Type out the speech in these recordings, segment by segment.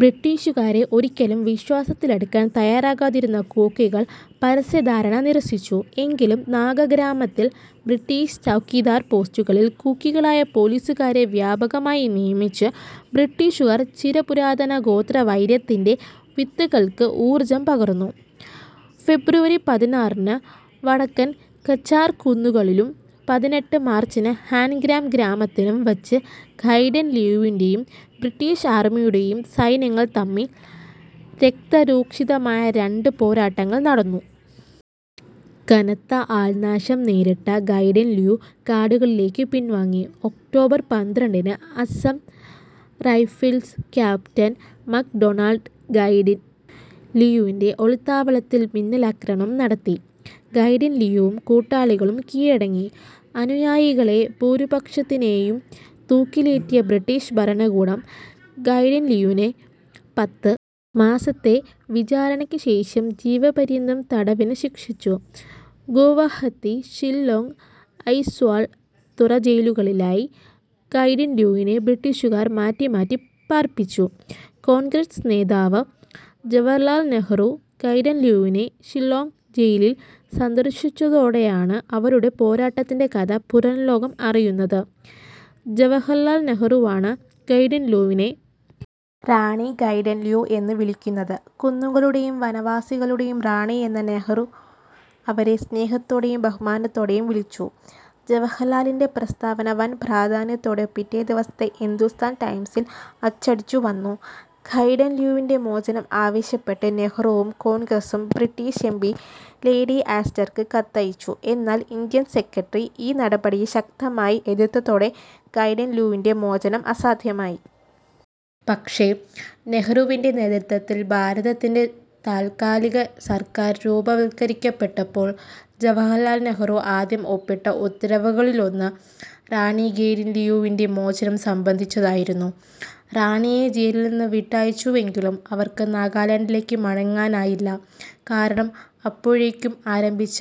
ബ്രിട്ടീഷുകാരെ ഒരിക്കലും വിശ്വാസത്തിലെടുക്കാൻ തയ്യാറാകാതിരുന്ന കൂക്കികൾ പരസ്യ ധാരണ നിരസ്സിച്ചു, എങ്കിലും നാഗ ഗ്രാമത്തിൽ ബ്രിട്ടീഷ് ചൗകിദാർ പോസ്റ്റുകളിൽ കൂക്കികളായ പോലീസുകാരെ വ്യാപകമായി നിയമിച്ച് ബ്രിട്ടീഷുകാർ ചിര പുരാതന ഗോത്ര വൈരത്തിൻ്റെ വിത്തുകൾക്ക് ഊർജ്ജം പകർന്നു. ഫെബ്രുവരി പതിനാറിന് വടക്കൻ കാച്ചാർ കുന്നുകളിലും പതിനെട്ട് മാർച്ചിന് ഹൻഗ്രാം ഗ്രാമത്തിലും വച്ച് ഗൈഡിൻ ലിയുവിൻ്റെയും ബ്രിട്ടീഷ് ആർമ്മിയുടേയും സൈന്യങ്ങൾ തമ്മിൽ രക്ത രൂക്ഷിതമായ രണ്ട് പോരാട്ടങ്ങൾ നടന്നു. കനത്ത ആൾ നാശം നേരിട്ട ഗൈഡിൻ ലിയു കാടുകളിലേക്ക് പിൻ വാങ്ങി, ഒക്റ്റോബർ പന്ത്രണ്ടിന് Assam Rifles Captain McDonald ഗൈഡിൻ ലിയുവിൻ്റെ ഒളിത്താവളത്തിൽ മിന്നലാക്രമണം നടത്തി, ഗൈഡിൻ ലിയുവും കൂട്ടാളികളും കീഴടങ്ങി, അനുയായികളെ ഭൂരിപക്ഷത്തിനെയും തൂക്കിലേറ്റിയ ബ്രിട്ടീഷ് ഭരണകൂടം ഗൈഡിൻ ലിയുവിനെ പത്ത് മാസത്തെ വിചാരണയ്ക്ക് ശേഷം ജീവപര്യന്തം തടവിന് ശിക്ഷിച്ചു, ഗുവഹത്തി, ഷില്ലോംഗ്, ഐസ്വാൾ, തുറ ജയിലുകളിലായി ഗൈഡിൻലിയുവിനെ ബ്രിട്ടീഷുകാർ മാറ്റി മാറ്റി പാർപ്പിച്ചു, കോൺഗ്രസ് നേതാവ് ജവഹർലാൽ നെഹ്റു ഗൈഡിൻലിയുവിനെ ഷില്ലോംഗ് ജയിലിൽ സന്ദർശിച്ചതോടെയാണ് അവരുടെ പോരാട്ടത്തിൻ്റെ കഥ പുറം ലോകം അറിയുന്നത്, ജവഹർലാൽ നെഹ്റുവാണ് ഗൈഡിൻലിയുവിനെ റാണി ഗൈഡിൻലിയു എന്ന് വിളിക്കുന്നത്, കുന്നുകളുടേയും വനവാസികളുടേയും റാണിയെന്ന് നെഹ്റു അവരെ സ്നേഹത്തോടെയും ബഹുമാനത്തോടെയും വിളിച്ചു, ജവഹർലാലിൻ്റെ പ്രസ്താവന വൻ പ്രാധാന്യത്തോടെ പിറ്റേ ദിവസത്തെ ഹിന്ദുസ്ഥാൻ ടൈംസിൽ അച്ചടിച്ചു വന്നു, ഗൈഡിൻ ലിയുവിൻ്റെ മോചനം ആവിശ്യപ്പെട്ട് നെഹ്റുവും കോൺഗ്രസും ബ്രിട്ടീഷ് എം പി ലേഡി ആസ്റ്റർക്ക് കത്തയച്ചു, എന്നാൽ, ഇൻഡ്യ സെക്രട്ടറി ഈ നടപടിയെ ശക്തമായി എതിർത്തതോടെ ഗൈഡിൻ ലിയുവിൻ്റെ മോചനം അസാധ്യമായി. പക്ഷെ നെഹ്റുവിൻ്റെ നേതൃത്തിൽ ഭാരതത്തിൻ്റെ താൽകാലിക സർക്കാർ രൂപവത്കരിക്കപ്പെട്ടപ്പോൾ ജവഹർലാൽ നെഹ്റു ആദ്യം ഒപ്പിട്ട ഉത്തരവുകളിലൊന്ന് റാണി ഗൈഡിൻ ലിയുവിൻ്റെ മോചനം സംബന്ധിച്ചതായിരുന്നു. റാണിയെ ജയിലിൻ നിന്ന് വിട്ടയച്ചുവെങ്കിലും അവർക്ക് നാഗാലാൻഡിലേക്ക് മടങ്ങാനായില്ല, കാരണം അപ്പോഴേക്കും ആരംഭിച്ച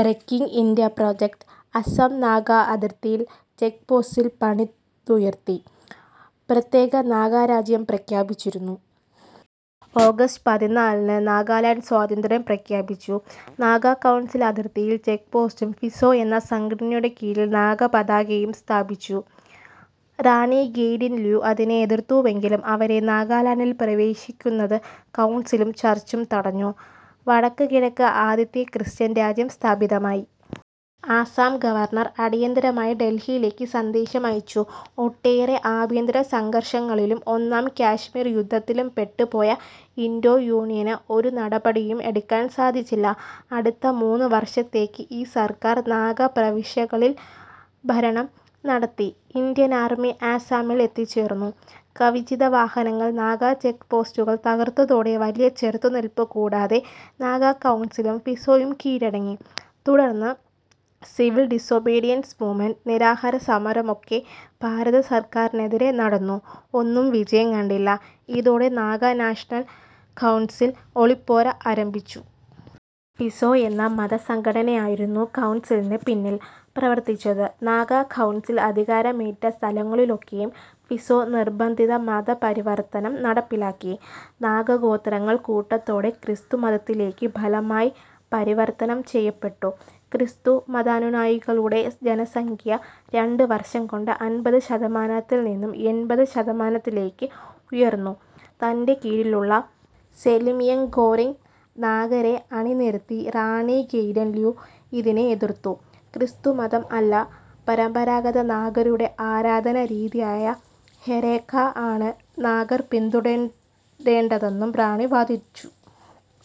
breaking India project Assam Naga അതിർത്തിയിൽ ചെക് പോസ്റ്റ് പണിതുയർത്തി, പ്രത്യേക നാഗാ രാജ്യം പ്രഖ്യാപിച്ചിരുന്നു. ആഗസ്റ്റ് പതിനാലിന് നാഗാ ലാൻഡ് സ്വാതന്ത്യം പ്രഖ്യാപിച്ചു, നാഗാ കൗൺസിൽ അതിർത്തിയിൽ ചെക് പോസ്റ്റും, ഫിസോ എന്ന സംഘടനയുടെ കീഴിൽ നാഗാ പതാകയും സ്ഥാപിച്ചു, റാണി ഗൈഡിൻലിയു അതിനെ എതിർത്തുവെങ്കിലും അവരെ നാഗാലാൻഡിൽ പ്രവേശിക്കുന്നത് കൗൺസിലും ചർച്ചും തടഞ്ഞു, വടക്ക് കിഴക്ക് ആദ്യത്തെ ക്രിസ്ത്യൻ രാജ്യം സ്ഥാപിതമായി, അസം ഗവർണർ അടിയന്തരമായി ഡൽഹിയിലേക്ക് സന്ദേശം അയച്ചു, ഒട്ടേറെ ആഭ്യന്തര സംഘർഷങ്ങളിലും ഒന്നാം കാശ്മീർ യുദ്ധത്തിലും പെട്ട് പോയ ഇൻഡോ യൂണിയന് ഒരു നടപടിയും എടുക്കാൻ സാധിച്ചില്ല, അടുത്ത മൂന്ന് വർഷത്തേക്ക് ഈ സർക്കാർ നാഗാ പ്രവിശ്യകളിൽ ഭരണം നടത്തി, ഇൻഡ്യൻ ആർമി ആസ്സാമിൽ എത്തിച്ചേർന്നു, കവചിത വാഹനങ്ങൾ നാഗാ ചെക് പോസ്റ്റുകൾ തകർത്തതോടെ വലിയ ചെറുത്ത് നിൽപ് കൂടാതെ നാഗാ കൗൺസിലും ഫിസോയും കീഴടങ്ങി, തുടർന്ന് സിവിൽ ഡിസ് ഒബിഡിയൻസ് മൂവ്മെൻ്റും നിരാഹര സമരവുമൊക്കെ ഭരത സർക്കാറിനെതിരെ നടന്നു ഒന്നും വിജയം കണ്ടില്ല, ഇതോടെ നാഗാ നാഷണൽ കൗൺസിൽ ഒളിപ്പോര് ആരംഭിച്ചു. ഫിസോ എന്ന മത സംഘടനയായിരുന്നു കൗൺസിലിന് പിന്നിൽ പ്രവർത്തിച്ചത്, നാഗാ കൗൺസിൽ അധികാരമേറ്റ സ്ഥലങ്ങളിലൊക്കെയും ഫിസോ നിർബന്ധിത മതപരിവർത്തനം നടപ്പിലാക്കി, നാഗ ഗോത്രങ്ങൾ കൂട്ടത്തോടെ ക്രിസ്തു മതത്തിലേക്ക് ബലമായി പരിവർത്തനം ചെയ്യപ്പെട്ടു, ക്രിസ്തു മതാനുയായികളുടെ ജനസംഖ്യ രണ്ട് വർഷം കൊണ്ട് അൻപത് ശതമാനത്തിൽ നിന്നും എൺപത് ശതമാനത്തിലേക്ക് ഉയർന്നു തൻ്റെ കീഴിലുള്ള സെലിംയംഗോറിങ് നാഗരെ അണി നിരത്തി റാണി ഗൈഡിൻ ലിയു ഇതിനെ ഏതിർത്തു, ക്രിസ്തുമതം അല്ല പരമ്പരാഗത നാഗരുടെ ആരാധാന രീതിയായ ഹെരാക്ക ആണ് നാഗർ പിന്തുടരേണ്ടതെന്നും റാണി വാദിച്ചു.